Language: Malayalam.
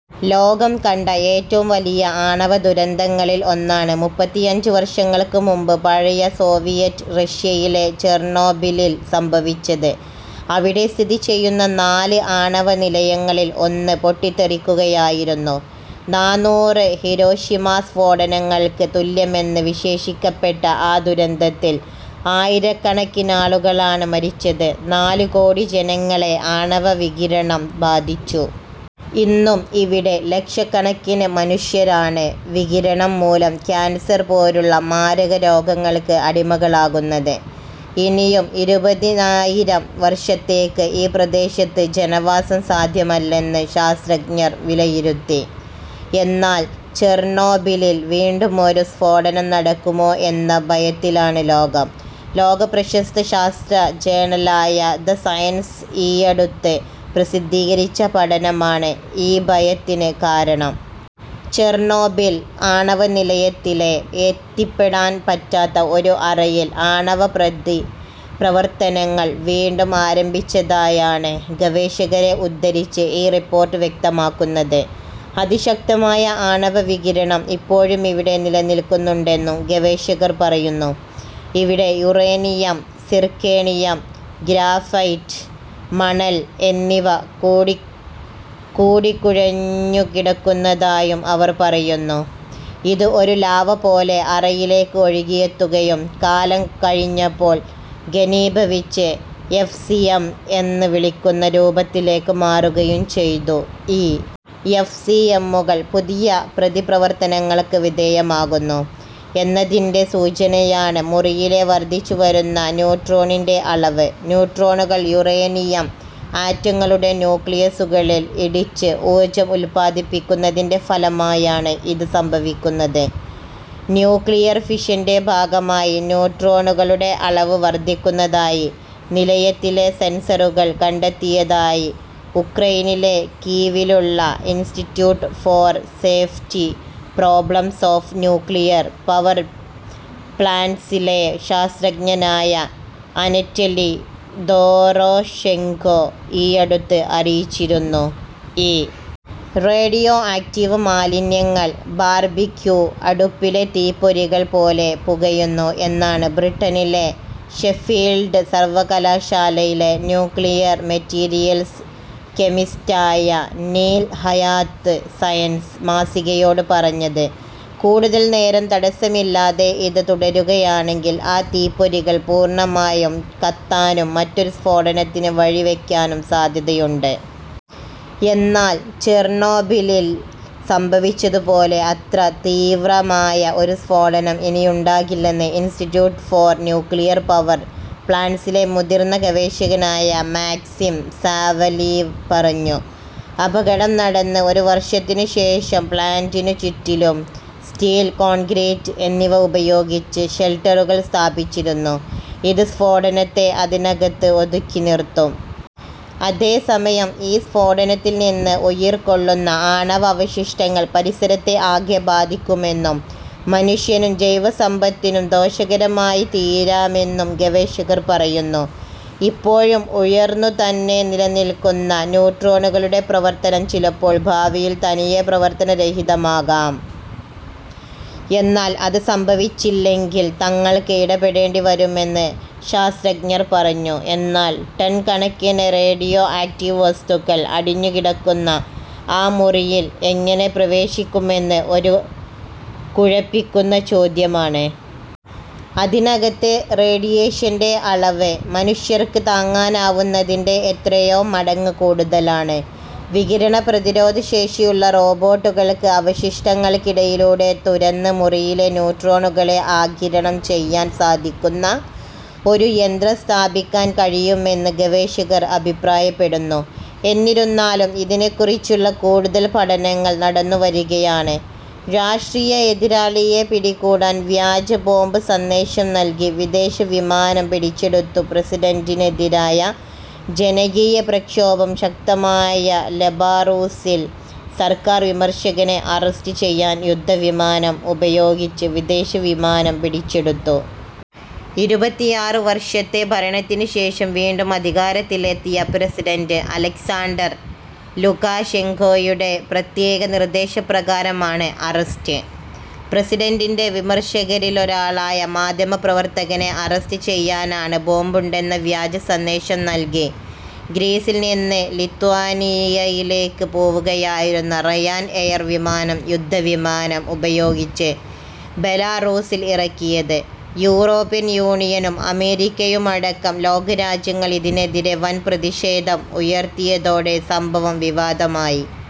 ലോകം കണ്ട ഏറ്റവും വലിയ ആണവദുരന്തങ്ങളിൽ ഒന്നാണ് മുപ്പത്തിയഞ്ച് വർഷങ്ങൾക്ക് മുമ്പ് പഴയ സോവിയറ്റ് റഷ്യയിലെ ചെർണോബിലിൽ സംഭവിച്ചത്. അവിടെ സ്ഥിതിചെയ്യുന്ന നാല് ആണവനിലയങ്ങളിൽ ഒന്ന് പൊട്ടിത്തെറിക്കുകയായിരുന്നു. നാനൂറ് ഹിരോഷിമാ സ്ഫോടനങ്ങൾക്ക് തുല്യമെന്ന് വിശേഷിപ്പിക്കപ്പെട്ട ആ ദുരന്തത്തിൽ ആയിരക്കണക്കിനാളുകളാണ് മരിച്ചത്. നാല് കോടി ജനങ്ങളെ ആണവ വികിരണം ബാധിച്ചു. ഇന്നും ഇവിടെ ലക്ഷക്കണക്കിന് മനുഷ്യരാണ് വികിരണം മൂലം കാൻസർ പോലുള്ള മാരകരോഗങ്ങൾക്ക് അടിമകളാകുന്നത്. ഇനിയും ഇരുപതിനായിരം വർഷത്തേക്ക് ഈ പ്രദേശത്ത് ജനവാസം സാധ്യമല്ലെന്ന് ശാസ്ത്രജ്ഞർ വിലയിരുത്തി. എന്നാൽ ചെർണോബിലിൽ വീണ്ടുമൊരു സ്ഫോടനം നടക്കുമോ എന്ന ഭയത്തിലാണ് ലോകം. ലോകപ്രശസ്ത ശാസ്ത്ര ജേണലായ ദ സയൻസ് ഈയടുത്ത് പ്രസിദ്ധീകരിച്ച പഠനമാണ് ഈ ഭയത്തിന് കാരണം. ചെർണോബിൽ ആണവനിലയത്തിലെ എത്തിപ്പെടാൻ പറ്റാത്ത ഒരു അറയിൽ ആണവപ്രതിപ്രവർത്തനങ്ങൾ വീണ്ടും ആരംഭിച്ചതായാണ് ഗവേഷകരെ ഉദ്ധരിച്ച് ഈ റിപ്പോർട്ട് വ്യക്തമാക്കുന്നത്. അതിശക്തമായ ആണവവികിരണം ഇപ്പോഴുമിവിടെ നിലനിൽക്കുന്നുണ്ടെന്നും ഗവേഷകർ പറയുന്നു. ഇവിടെ യുറേനിയം, സിർക്കോണിയം, ഗ്രാഫൈറ്റ്, മണൽ എന്നിവ കൂടിക്കുഴഞ്ഞുകിടക്കുന്നതായും അവർ പറയുന്നു. ഇത് ഒരു ലാവ പോലെ അറയിലേക്ക് ഒഴുകിയെത്തുകയും കാലം കഴിഞ്ഞപ്പോൾ ഖനീഭവിച്ച് എഫ്സിഎം എന്ന് വിളിക്കുന്ന രൂപത്തിലേക്ക് മാറുകയും ചെയ്തു.ഈ എഫ്സിഎമ്മുകൾ പുതിയ പ്രതിപ്രവർത്തനങ്ങൾക്ക് വിധേയമാകുന്നു എന്നതിൻ്റെ സൂചനയാണ് മുറിയിലെ വർധിച്ചുവരുന്ന ന്യൂട്രോണിൻ്റെ അളവ്. ന്യൂട്രോണുകൾ യുറേനിയം ആറ്റങ്ങളുടെ ന്യൂക്ലിയസുകളിൽ ഇടിച്ച് ഊർജം ഉൽപാദിപ്പിക്കുന്നതിൻ്റെ ഫലമായാണ് ഇത് സംഭവിക്കുന്നത്. ന്യൂക്ലിയർ ഫിഷൻ്റെ ഭാഗമായി ന്യൂട്രോണുകളുടെ അളവ് വർധിക്കുന്നതായി നിലയത്തിലെ സെൻസറുകൾ കണ്ടെത്തിയതായി ഉക്രെയ്നിലെ കീവിലുള്ള institute for safety problems of nuclear power പ്ലാന്റ്സിലെ ശാസ്ത്രജ്ഞനായ അനറ്റലി ദോറോഷെങ്കോ ഈയടുത്ത് അറിയിച്ചിരുന്നു.ഈ റേഡിയോ ആക്ടീവ് മാലിന്യങ്ങൾ ബാർബിക്യൂ അടുപ്പിലെ തീപ്പൊരികൾ പോലെ പുകയുന്നു എന്നാണ് ബ്രിട്ടനിലെ ഷെഫീൽഡ് സർവകലാശാലയിലെ ന്യൂക്ലിയർ മെറ്റീരിയൽസ് കെമിസ്റ്റായ നീൽ ഹയാത്ത് സയൻസ് മാസികയോട് പറഞ്ഞത്. കൂടുതൽ നേരം തടസ്സമില്ലാതെ ഇത് തുടരുകയാണെങ്കിൽ ആ തീപ്പൊരികൾ പൂർണമായും കത്താനും മറ്റൊരു സ്ഫോടനത്തിന് വഴിവയ്ക്കാനും സാധ്യതയുണ്ട്. എന്നാൽ ചെർണോബിലിൽ സംഭവിച്ചത് പോലെ അത്ര തീവ്രമായ ഒരു സ്ഫോടനം ഇനിയുണ്ടാകില്ലെന്ന് ഇൻസ്റ്റിറ്റ്യൂട്ട് ഫോർ ന്യൂക്ലിയർ പവർ പ്ലാന്റ്സിലെ മുതിർന്ന ഗവേഷകനായ മാക്സിം സാവലീവ് പറഞ്ഞു. അപകടം നടന്ന് ഒരു വർഷത്തിനുശേഷം പ്ലാന്റിനു ചുറ്റിലും സ്റ്റീൽ, കോൺക്രീറ്റ് എന്നിവ ഉപയോഗിച്ച് ഷെൽട്ടറുകൾ സ്ഥാപിച്ചിരുന്നു. ഇത് സ്ഫോടനത്തെ അതിനകത്ത് ഒതുക്കിനിർത്തും. അതേസമയം ഈ സ്ഫോടനത്തിൽ നിന്ന് ഉയിർകൊള്ളുന്ന ആണവ അവശിഷ്ടങ്ങൾ പരിസരത്തെ ആകെ ബാധിക്കുമെന്നും മനുഷ്യനും ജൈവസമ്പത്തിനും ദോഷകരമായി തീരാമെന്നും ഗവേഷകർ പറയുന്നു. ഇപ്പോഴും ഉയർന്നുതന്നെ നിലനിൽക്കുന്ന ന്യൂട്രോണുകളുടെ പ്രവർത്തനം ചിലപ്പോൾ ഭാവിയിൽ തനിയെ പ്രവർത്തനരഹിതമാകാം. എന്നാൽ അത് സംഭവിച്ചില്ലെങ്കിൽ തങ്ങൾക്ക് ഇടപെടേണ്ടിവരുമെന്ന് ശാസ്ത്രജ്ഞർ പറഞ്ഞു. എന്നാൽ ടൺ കണക്കിന് റേഡിയോ ആക്ടീവ് വസ്തുക്കൾ അടിഞ്ഞുകിടക്കുന്ന ആ മുറിയിൽ എങ്ങനെ പ്രവേശിക്കുമെന്നത് ഒരു കുഴപ്പിക്കുന്ന ചോദ്യമാണ്. അതിനകത്തെ റേഡിയേഷൻ്റെ അളവ് മനുഷ്യർക്ക് താങ്ങാനാവുന്നതിൻ്റെ എത്രയോ മടങ്ങ് കൂടുതലാണ്. വികിരണ പ്രതിരോധശേഷിയുള്ള റോബോട്ടുകൾക്ക് അവശിഷ്ടങ്ങൾക്കിടയിലൂടെ തുരന്ന് മുറിയിലെ ന്യൂട്രോണുകളെ ആഗിരണം ചെയ്യാൻ സാധിക്കുന്ന ഒരു യന്ത്രം സ്ഥാപിക്കാൻ കഴിയുമെന്ന് ഗവേഷകർ അഭിപ്രായപ്പെടുന്നു. എന്നിരുന്നാലും ഇതിനെക്കുറിച്ചുള്ള കൂടുതൽ പഠനങ്ങൾ നടന്നുവരികയാണ്. രാഷ്ട്രീയ എതിരാളിയെ പിടികൂടാൻ വ്യാജ ബോംബ് സന്ദേശം നൽകി വിദേശവിമാനം പിടിച്ചെടുത്തുപ്രസിഡന്റിനെതിരായ ജനകീയ പ്രക്ഷോഭം ശക്തമായ ബെലാറൂസിൽ സർക്കാർ വിമർശകനെ അറസ്റ്റ് ചെയ്യാൻ യുദ്ധവിമാനം ഉപയോഗിച്ച് വിദേശവിമാനം പിടിച്ചെടുത്തു. ഇരുപത്തിയാറ് വർഷത്തെ ഭരണത്തിനുശേഷം വീണ്ടും അധികാരത്തിലെത്തിയ പ്രസിഡന്റ് അലക്സാണ്ടർ ലുകാഷെങ്കോയുടെ പ്രത്യേക നിർദേശപ്രകാരമാണ് അറസ്റ്റ്. പ്രസിഡന്റിൻ്റെ വിമർശകരിലൊരാളായ മാധ്യമപ്രവർത്തകനെ അറസ്റ്റ് ചെയ്യാനാണ് ബോംബുണ്ടെന്ന വ്യാജസന്ദേശം നൽകി ഗ്രീസിൽനിന്ന് ലിത്വാനിയയിലേക്ക് പോവുകയായിരുന്ന റയാൻ എയർ വിമാനം യുദ്ധവിമാനം ഉപയോഗിച്ച് ബെലാറൂസിൽ ഇറക്കിയത്. യൂറോപ്യൻ യൂണിയനും അമേരിക്കയുമടക്കം ലോകരാജ്യങ്ങൾ ഇതിനെതിരെ വൻ പ്രതിഷേധം ഉയർത്തിയതോടെ സംഭവം വിവാദമായി.